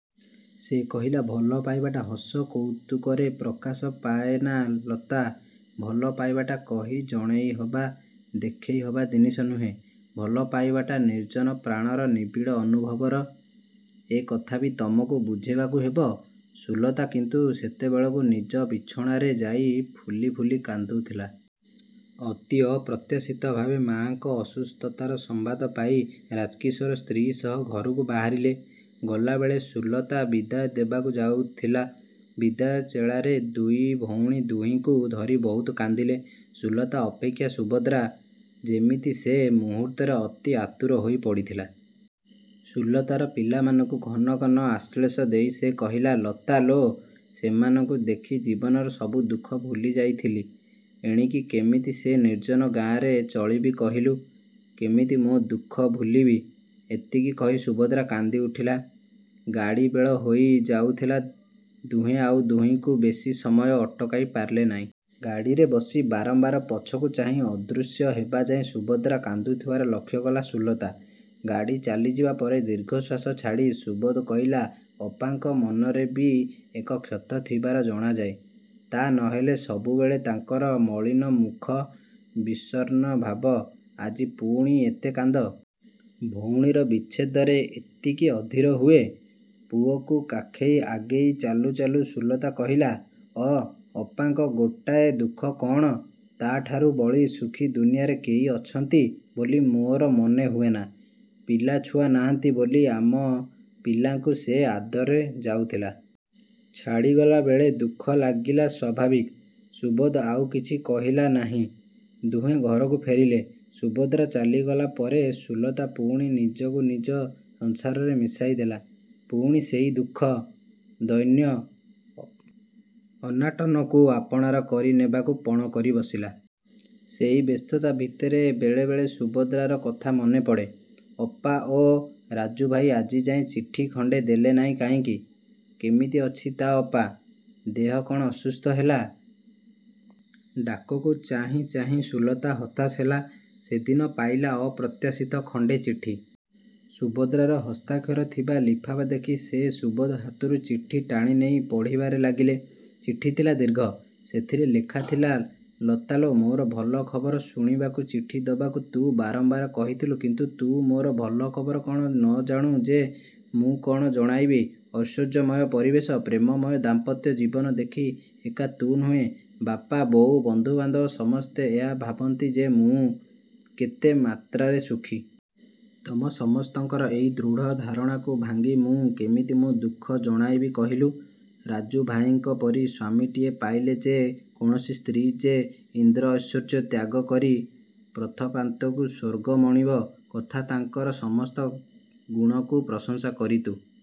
ସେ କହିଲା, ଭଲ ପାଇବାଟା ହସ କୌତୁକରେ ପ୍ରକାଶ ପାଏନା ଲତା! ଭଲପାଇବାଟା କହି ଜଣେଇହବା, ଦେଖେଇହବା ଜିନିଷ ନୁହେଁ। ଭଲପାଇବାଟା ନିର୍ଜନ ପ୍ରାଣର, ନିବିଡ଼ ଅନୁଭବର। ଏ କଥା ବି ତମକୁ ବୁଝେଇବାକୁ ହେବ। ସୁଲତା କିନ୍ତୁ ସେତେବେଳେକୁ ନିଜ ବିଛଣାରେ ଯାଇ ଫୁଲି ଫୁଲି କାନ୍ଦୁଥିଲା। ଅତି ଅପ୍ରତ୍ୟାଶିତ ଭାବେ ମା'ଙ୍କର ଅସୁସ୍ଥତାର ସମ୍ବାଦ ପାଇ ରାଜକିଶୋର ସ୍ତ୍ରୀ ସହ ଘରକୁ ବାହାରିଲେ। ଗଲାବେଳେ ସୁଲତା ବିଦାୟ ଦେବାକୁ ଯାଇଥିଲା। ବିଦାୟ ବେଳାରେ ଦୁଇ ଭଉଣୀ ଦୁହିଁଙ୍କୁ ଧରି ବହୁତ କାନ୍ଦିଲେ। ସୁଲତା ଅପେକ୍ଷା ସୁଭଦ୍ରା। ଯେମିତି ସେ ମୁହୂର୍ତ୍ତରେ ଅତି ଆତୁର ହୋଇ ପଡ଼ିଥିଲା। ସୁଲତାର ପିଲାମାନଙ୍କୁ ଘନଘନ ଆଶ୍ଲେଷ ଦେଇ ସେ କହିଲା, ଲତା ଲୋ, ସେମାନଙ୍କୁ ଦେଖି ଜୀବନର ସବୁ ଦୁଃଖ ଭୁଲି ଯାଇଥିଲି। ଏଣିକି କେମିତି ସେ ନିର୍ଜନ ଗାଁରେ ଚଳିବି କହିଲୁ? କେମିତି ମୋର ଦୁଃଖ ଭୁଲିବି? ଏତିକି କହି ସୁଭଦ୍ରା କାନ୍ଦି ଉଠିଲା। ଗାଡ଼ି ବେଳ ହୋଇ ଯାଇଥିଲା-ଦୁହେଁ ଆଉ ଦୁହିଁଙ୍କୁ ବେଶୀ ସମୟ ଅଟକାଇ ପାରିଲେ ନାହିଁ। ଗାଡ଼ିରେ ବସି ବାରମ୍ବାର ପଛକୁ ଚାହିଁ ଅଦୃଶ୍ୟ ହେବାଯାଏ ସୁଭଦ୍ରା କାନ୍ଦୁଥିବାର ଲକ୍ଷ୍ୟକଲା ସୁଲତା-। ଗାଡ଼ି ଚାଲିଯିବା ପରେ ଦୀର୍ଘଶ୍ୱାସ ଛାଡ଼ି ସୁବୋଧ କହିଲା-ଅପାଙ୍କ ମନରେ କି ଏକ କ୍ଷତ ଥିବାର ଜଣାଯାଏ। ତା' ନହେଲେ ସବୁବେଳେ ତାଙ୍କର ମଳିନ ମୁଖ, ବିଷର୍ଣ୍ଣ ଭାବ। ଆଜି ପୁଣି ଏତେ କାନ୍ଦ। ଭଉଣୀର ବିଚ୍ଛେଦରେ ଏତିକି ଅଧୀର ହୁଏ? ପୁଅକୁ କାଖେଇ ଆଗେଇ ଚାଲୁ ଚାଲୁ ସୁଲତା କହିଲା-ଅଃ, ଅପାଙ୍କ ଗୋଟାଏ ଦୁଃଖ କ'ଣ? ତା' ଠାରୁ ବଳି ସୁଖୀ ଦୁନିଆରେ କେହି ଅଛନ୍ତି ବୋଲି ମୋର ମନେ ହୁଏନା। ପିଲାଛୁଆ ନାହାନ୍ତି ବୋଲି ଆମ ପିଲାଙ୍କୁ ସେ ଆଦରି ଯାଇଥିଲା। ଛାଡ଼ିଗଲା ବେଳେ ଦୁଃଖ ଲାଗିବା ସ୍ଵାଭାବିକ। ସୁବୋଧ ଆଉ କିଛି କହିଲା ନାଇଁ। ଦୁହେଁ ଘରକୁ ଫେରିଲେ। ସୁଭଦ୍ରା ଚାଲିଗଲା ପରେ ସୁଲତା ପୁଣି ନିଜକୁ ନିଜ ସଂସାରରେ ମିଶାଇ ଦେଲା। ପୁଣି ସେହି ଦୁଃଖ ଦୈନ୍ୟ, ଅନାଟନକୁ ଆପଣାର କରି ନେବାକୁ ପଣ କରି ବସିଲା। ସେଇ ବ୍ୟସ୍ତତା ଭିତରେ ବେଳେବେଳେ ସୁଭଦ୍ରାର କଥା ମନେ ପଡ଼େ। ଅପା ଓ ରାଜୁଭାଇ ଆଜିଯାଏଁ ଚିଠି ଖଣ୍ଡେ ଦେଲେ ନାହିଁ କାହିଁକି? କେମିତି ଅଛି ତା' ଅପା? ଦେହ କ'ଣ ଅସୁସ୍ଥ ହେଲା? ଡାକକୁ ଚାହିଁ ଚାହିଁ ସୁଲତା ହତାଶ ହେଲା। ସେଦିନ ପାଇଲା ଅପ୍ରତ୍ୟାଶିତ ଖଣ୍ଡେ ଚିଠି। ସୁଭଦ୍ରାର ହସ୍ତାକ୍ଷର ଥିବା ଲଫାପା ଦେଖି ସେ ସୁବୋଧ ହାତରୁ ଚିଠି ଟାଣି ନେଇ ପଢ଼ିବାରେ ଲାଗିଲା। ଚିଠି ଥିଲା ଦୀର୍ଘ। ସେଥିରେ ଲେଖା ଥିଲା-. ଲତା ଲୋ, ମୋର ଭଲ ଖବର ଶୁଣିବାକୁ ଚିଠି ଦବାକୁ ତୁ ବାରମ୍ବାର କହିଥିଲୁ କିନ୍ତୁ ତୁ ମୋର ଭଲ ଖବର କ'ଣ ନଜାଣୁ ଯେ ମୁଁ କ'ଣ ଜଣାଇବି ଐଶ୍ୱର୍ଯ୍ୟମୟ ପରିବେଶ, ପ୍ରେମମୟ ଦାମ୍ପତ୍ୟ ଜୀବନ ଦେଖି ଏକା ତୁ ନୁହେଁ, ବାପା, ବୋଉ, ବନ୍ଧୁବାନ୍ଧବ ସମସ୍ତେ ଏହା ଭାବନ୍ତି ଯେ ମୁଁ କେତେ ମାତ୍ରାରେ ସୁଖୀ। ତମ ସମସ୍ତଙ୍କର ଏହି ଦୃଢ଼ ଧାରଣାକୁ ଭାଙ୍ଗି ମୁଁ କେମିତି ମୋ ଦୁଃଖ ଜଣାଇବି କହିଲୁ? ରାଜୁ ଭାଇଙ୍କ ପରି ସ୍ୱାମୀଟିଏ ପାଇଲେ ଯେ କୌଣସି ସ୍ତ୍ରୀ ଯେ ଇନ୍ଦ୍ର ଐଶ୍ୱର୍ଯ୍ୟ ତ୍ୟାଗ କରି ପଥପ୍ରାନ୍ତକୁ ସ୍ୱର୍ଗ ମଣିବ କଥା ତାଙ୍କର ସମସ୍ତ ଗୁଣକୁ ପ୍ରଶଂସା କରି ତୁ